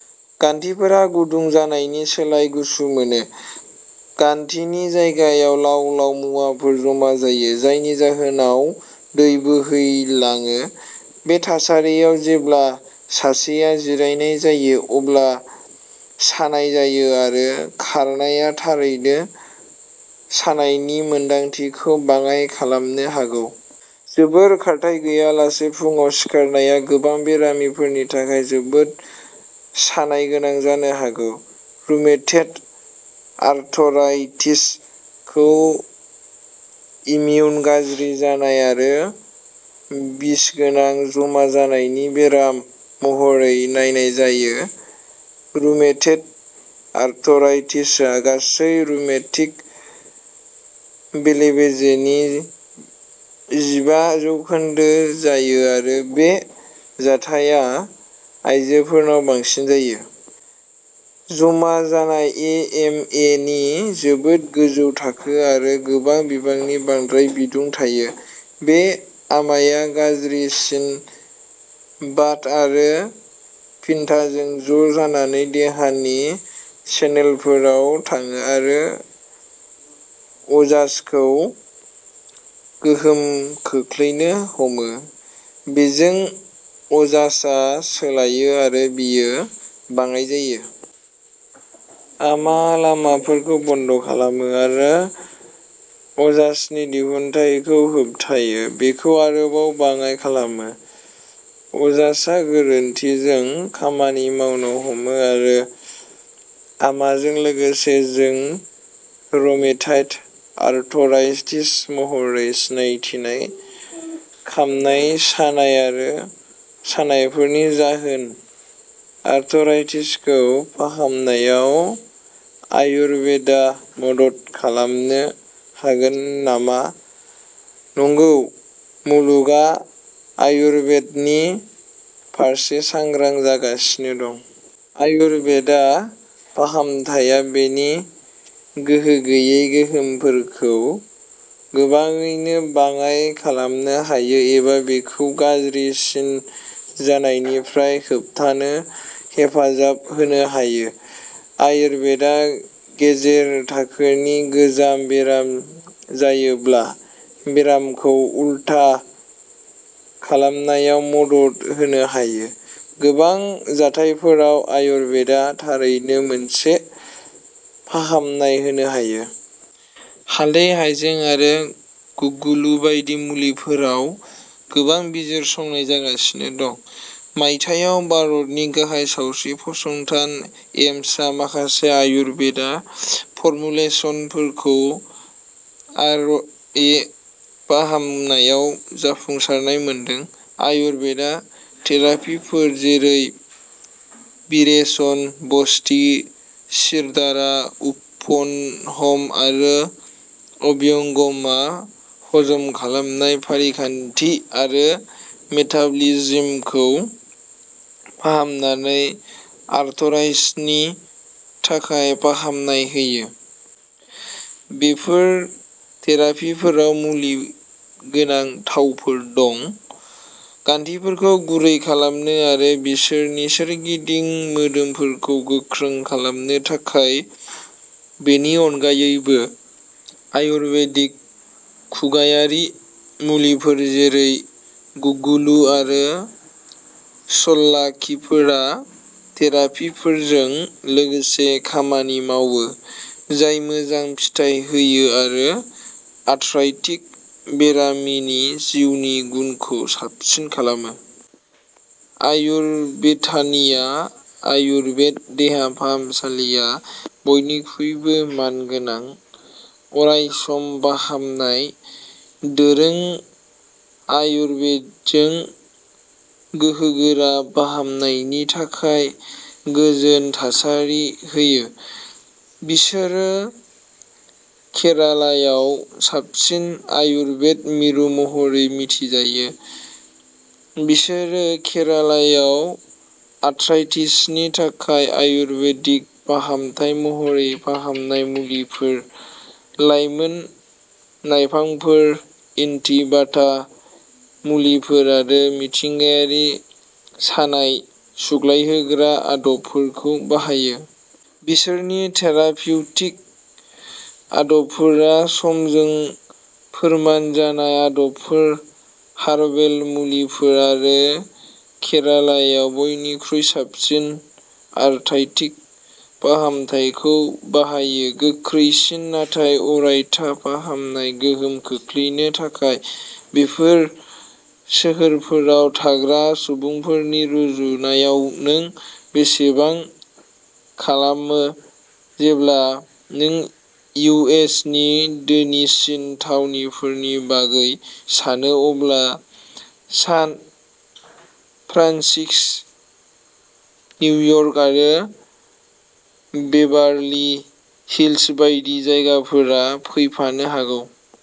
गान्थिफोरा गुदुं जानायनि सोलाय गुसु मोनो। गान्थिनि जायगायाव लाव-लाव मुवाफोर जमा जायो, जायनि जाहोनाव दै बोहैलाङो। बे थासारियाव, जेब्ला सासेआ जिरायनाय जायो अब्ला सानाय जायो आरो खारनाया थारैनो सानायनि मोन्दांथिखौ बाङाइ खालामनो हागौ। जेबोर खारथाइ गैयालासे फुंआव सिखारनाया गोबां बेरामिफोरनि थाखाय जोबोद सानायगोनां जानो हागौ। रुमेटइड आर्थराइटिसखौ इमिउन गाज्रि जानाय आरो बिसगोनां जमा जानायनि बेराम महरै नायनाय जायो। रुमेटइड आर्थराइटिसआ गासै रुमेटिक बेले-बेजेनि जिबा जौखोन्दो जायो आरो बे जाथाया आयजोफोरनाव बांसिन जायो। जमा जानाय ए एम एनि जोबोद गोजौ थाखो आरो गोबां बिबांनि बांद्राय बिदुं थायो। बे आमाया, गाज्रिसिन बात आरो पित्ताजों ज' जानानै देहानि चेनेलफोराव थाङो आरो अजासखौ गोहोम खोख्लैनो हमो। बेजों अजासआ सोलायो आरो बेयो बाङाइ जायो। आमा लामाफोरखौबो बन्द' खालामो आरो अजासनि दिहुनथायखौ होबथायो, बेखौ आरोबाव बाङाइ खालामो। अजासआ गोरोन्थिजों खामानि मावनो हमो आरो आमाजों लोगोसे, जों रुमेटइड आर्थराइटिस महरै सिनायथिनाय खामनाय, सानाय आरो सानायफोरनि जाहोन। आरथ'राइटिसखौ फाहामनायाव आयुर्बेदा मदद खालामनो हागोन नामा नंगौ, मुलुगआ आयुर्बेदनि फारसे सांग्रां जागासिनो दं। आयुर्बेदा फाहामथाया बेनि गोहो गैयै गोहोमफोरखौ गोबाङैनो बाङाय खालामनो हायो एबा बेखौ गाज्रिसिन जानायनिफ्राय होबथानो हेफाजाब होनो हायो। आयुर्बेदा गेजेर थाखोनि गोजाम बेराम जायोब्ला बेरामखौ उलथा खालामनायाव मदद होनो हायो। गोबां जाथायफोराव, आयुर्बेदा थारैनो मोनसे फाहामनाय होनो हायो। हालदै, हायजें, आरो गुग्गुलु बायदि मुलिफोराव गोबां बिजिरसंनाय जागासिनो दं। मायथाइयाव, भारतनि गाहाय सावस्रि फसंथान एम्सआ माखासे आयुर्बेदा फर्मुलेसनफोरखौ आरए फाहामनायाव जाफुंसारनाय मोनदों। आयुर्बेदा थेरापिफोर जेरै बिरेचन, बस्ति, शिरधारा, उपनहम आरो अभ्यंगमआ हजम खालामनाय फारिखान्थि आरो मेटाबलिज्मखौ फाहामनानै आर्थराइसनि थाखाय फाहामनाय होयो। बेफोर थेरापिफोराव मुलिगोनां थावफोर दं। गान्थिफोरखौ गुरै खालामनो आरो बिसोरनि सोरगिदिं मोदोमफोरखौ गोख्रों खालामनो थाखाय। बेनि अनगायैबो, आयुर्वेदिक खुगायारि मुलिफोर जेरै गुग्गुलु आरो सल्लाकिफोरा थेरापिफोरजों लोगोसे खामानि मावो, जाय मोजां फिथाय होयो आरो आथ्राइटिक बेरामिनि जिउनि गुनखौ साबसिन खालामो। आयुर बेथानिया आयुरबेद देहा फाहामसालिया बयनिख्रुइबो मानगोनां, अरायसम फाहामनाय दोरों आयुरबेदजों गोहोगोरा फाहामनायनि थाखाय गोजोन थासारि होयो। बिसोरो केरालायाव साबसिन आयुरबेद मिरु महरै मिथिजायो। बिसोरो केरालायाव आथ्राइटिसनि थाखाय आयुर्बेदिक फाहामथाय महरै फाहामनाय मुलिफोर, लायमोन लायफांफोर, एन्टि भाटा मुलिफोर आरो मिथिंगायारि सानाय सुग्लायहोग्रा आदबफोरखौ बाहायो। बिसोरनि थेरापिउटिक आदबफोरा समजों फोरमान जानाय आदबफोर, हार्बेल मुलिफोर आरो केरालायाव बयनिख्रुइ साबसिन आथ्राइटिक फाहामथायखौ बाहायो गोख्रैसिन, नाथाय अरायथा फाहामनाय गोहोम खोख्लैनो थाखाय। बेफोर सोहोरफोराव थाग्रा सुबुंफोरनि रुजुनायाव नों बेसेबां खालामो जेब्ला नों इउ एस नि धोनिसिन थावनिफोरनि बागै सानो, अब्ला सान फ्रान्सिस्क, निउयर्क आरो बेभारलि हिल्स बायदि जायगाफोरा फैफानो हागौ।